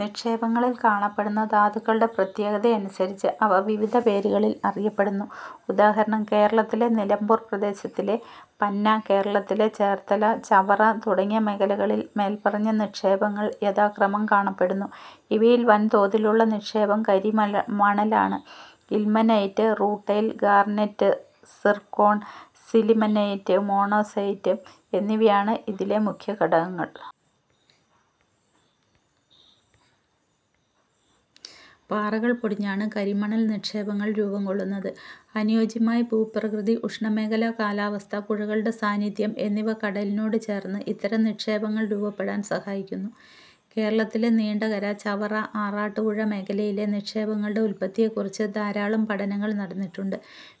നിക്ഷേപങ്ങളിൽ കാണപ്പെടുന്ന ധാതുക്കളുടെ പ്രത്യേകതയനുസരിച്ച് അവ വിവിധ പേരുകളിൽ അറിയപ്പെടുന്നു. ഉദാഹരണം:- കേരളത്തിലെ നിലമ്പൂർ, മധ്യപ്രദേശിലെ പന്ന, കേരളത്തിലെ ചേർത്തല, ചവറ തുടങ്ങിയ മേഖലകളിൽ മേല്പറഞ്ഞ നിക്ഷേപങ്ങൾ യഥാക്രമം കാണപ്പെടുന്നു. ഇവയിൽ വൻതോതിലുള്ള നിക്ഷേപം കരിമണലാണ്. Ilmenite, rutile, garnet, zircon, sillimanite, monazite എന്നിവയാണ് ഇതിലെ മുഖ്യ ഘടകങ്ങൾ. പാറകൾ പൊടിഞ്ഞാണ് കരിമണൽ നിക്ഷേപങ്ങൾ രൂപംകൊള്ളുന്നത്. അനുയോജ്യമായ ഭൂപ്രകൃതി, ഉഷ്ണമേഖലാ കാലാവസ്ഥ, പുഴകളുടെ സാന്നിധ്യം എന്നിവ കടലിനോട് ചേർന്ന് ഇത്തരം നിക്ഷേപങ്ങൾ രൂപപ്പെടാൻ സഹായിക്കുന്നു. കേരളത്തിലെ നീണ്ടകര-ചവറ-ആറാട്ടുപുഴ മേഖലയിലെ നിക്ഷേപങ്ങളുടെ ഉത്പത്തിയെക്കുറിച്ച് ധാരാളം പഠനങ്ങൾ നടന്നിട്ടുണ്ട്.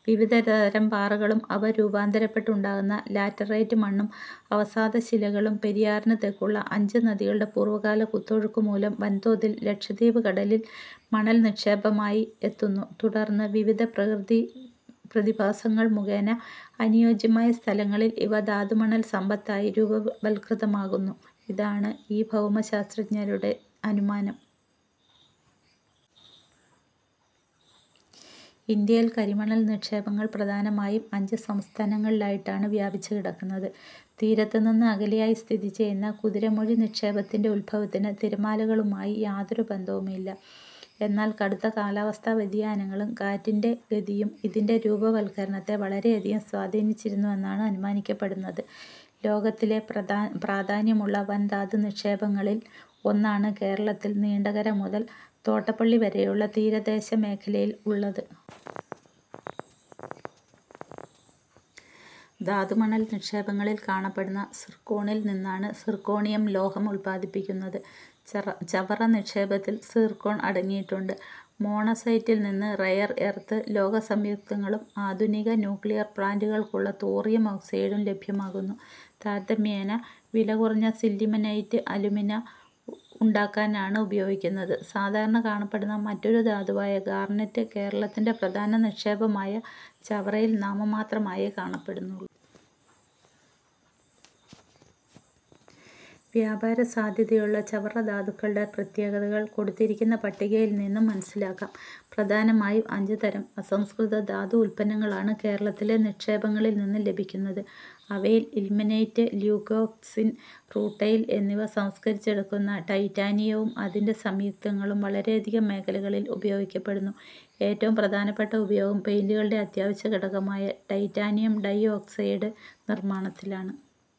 വിവിധതരം പാറകളും അവ രൂപാന്തരപ്പെട്ട് ഉണ്ടാകുന്ന ലാറ്ററൈറ്റ് മണ്ണും അവസാദശിലകളും പെരിയാറിനു തെക്കുള്ള അഞ്ച് നദികളുടെ പൂർവകാല കുത്തൊഴുക്കുമൂലം വൻതോതിൽ ലക്ഷദ്വീപ് കടലിൽ മണൽനിക്ഷേപമായി എത്തുന്നു, തുടർന്ന് വിവിധ പ്രകൃതിപ്രതിഭാസങ്ങൾ മുഖേന അനുയോജ്യമായ സ്ഥലങ്ങളിൽ ഇവ ധാതുമണൽസമ്പത്തായി രൂപവത്കൃതമാകുന്നു: ഇതാണ് ഭൌമശാസ്ത്രജ്ഞരുടെ അനുമാനം. ഇന്ത്യയിൽ കരിമണൽ നിക്ഷേപങ്ങൾ പ്രധാനമായും അഞ്ച് സംസ്ഥാനങ്ങളിലായിട്ടാണ് വ്യാപിച്ചുകിടക്കുന്നത്. തീരത്തുനിന്ന് അകലെയായി സ്ഥിതിചെയ്യുന്ന കുതിരമൊഴി നിക്ഷേപത്തിന്റെ ഉദ്ഭവത്തിന് തിരമാലകളുമായി യാതൊരു ബന്ധവുമില്ല. എന്നാൽ കടുത്ത കാലാവസ്ഥാ വ്യതിയാനങ്ങളും കാറ്റിന്റെ ഗതിയും ഇതിന്റെ രൂപവത്കരണത്തെ വളരെയധികം സ്വാധീനിച്ചിരുന്നുവെന്നാണ് അനുമാനിക്കപ്പെടുന്നത്. ലോകത്തിലെ പ്രാധാന്യമുള്ള വൻ ധാതുനിക്ഷേപങ്ങളിൽ ഒന്നാണ് കേരളത്തിൽ നീണ്ടകര മുതൽ തോട്ടപ്പള്ളി വരെയുള്ള തീരദേശമേഖലയിൽ ഉള്ളത്. ധാതുമണൽ നിക്ഷേപങ്ങളിൽ കാണപ്പെടുന്ന സിർക്കോണിൽ നിന്നാണ് സിർക്കോണിയം ലോഹം ഉത്പാദിപ്പിക്കുന്നത്. ചവറ നിക്ഷേപത്തിൽ സിർക്കോൺ അടങ്ങിയിട്ടുണ്ട്. മോണസൈറ്റിൽനിന്ന് റെയർ എർത്ത് ലോഹസംയുക്തങ്ങളും ആധുനിക ന്യൂക്ലിയർ പ്ലാന്റുകൾക്കുള്ള തോറിയം ഓക്സൈഡും ലഭ്യമാകുന്നു. താരതമ്യേന വില കുറഞ്ഞ സില്ലിമനൈറ്റ് അലുമിന ഉണ്ടാക്കാനാണ് ഉപയോഗിക്കുന്നത്. സാധാരണ കാണപ്പെടുന്ന മറ്റൊരു ധാതുവായ ഗാർനറ്റ് കേരളത്തിന്റെ പ്രധാന നിക്ഷേപമായ ചവറയിൽ നാമമാത്രമായേ കാണപ്പെടുന്നുള്ളൂ. വ്യാപാരസാധ്യതയുള്ള ചവറധാതുക്കളുടെ പ്രത്യേകതകൾ കൊടുത്തിരിക്കുന്ന പട്ടികയിൽനിന്നു മനസ്സിലാക്കാം. പ്രധാനമായും അഞ്ചുതരം അസംസ്കൃത ധാതു ഉത്പന്നങ്ങളാണ് കേരളത്തിലെ നിക്ഷേപങ്ങളിൽനിന്നു ലഭിക്കുന്നത്. അവയിൽ ഇൽമനൈറ്റ്-ല്യൂക്കോക്സിൻ-റൂട്ടൈൽ എന്നിവ സംസ്കരിച്ചെടുക്കുന്ന ടൈറ്റാനിയവും അതിന്റെ സംയുക്തങ്ങളും വളരെയധികം മേഖലകളിൽ ഉപയോഗിക്കപ്പെടുന്നു. ഏറ്റവും പ്രധാനപ്പെട്ട ഉപയോഗം പെയിന്റുകളുടെ അത്യാവശ്യ ഘടകമായ ടൈറ്റാനിയം ഡൈഓക്സൈഡ് നിർമ്മാണത്തിലാണ്.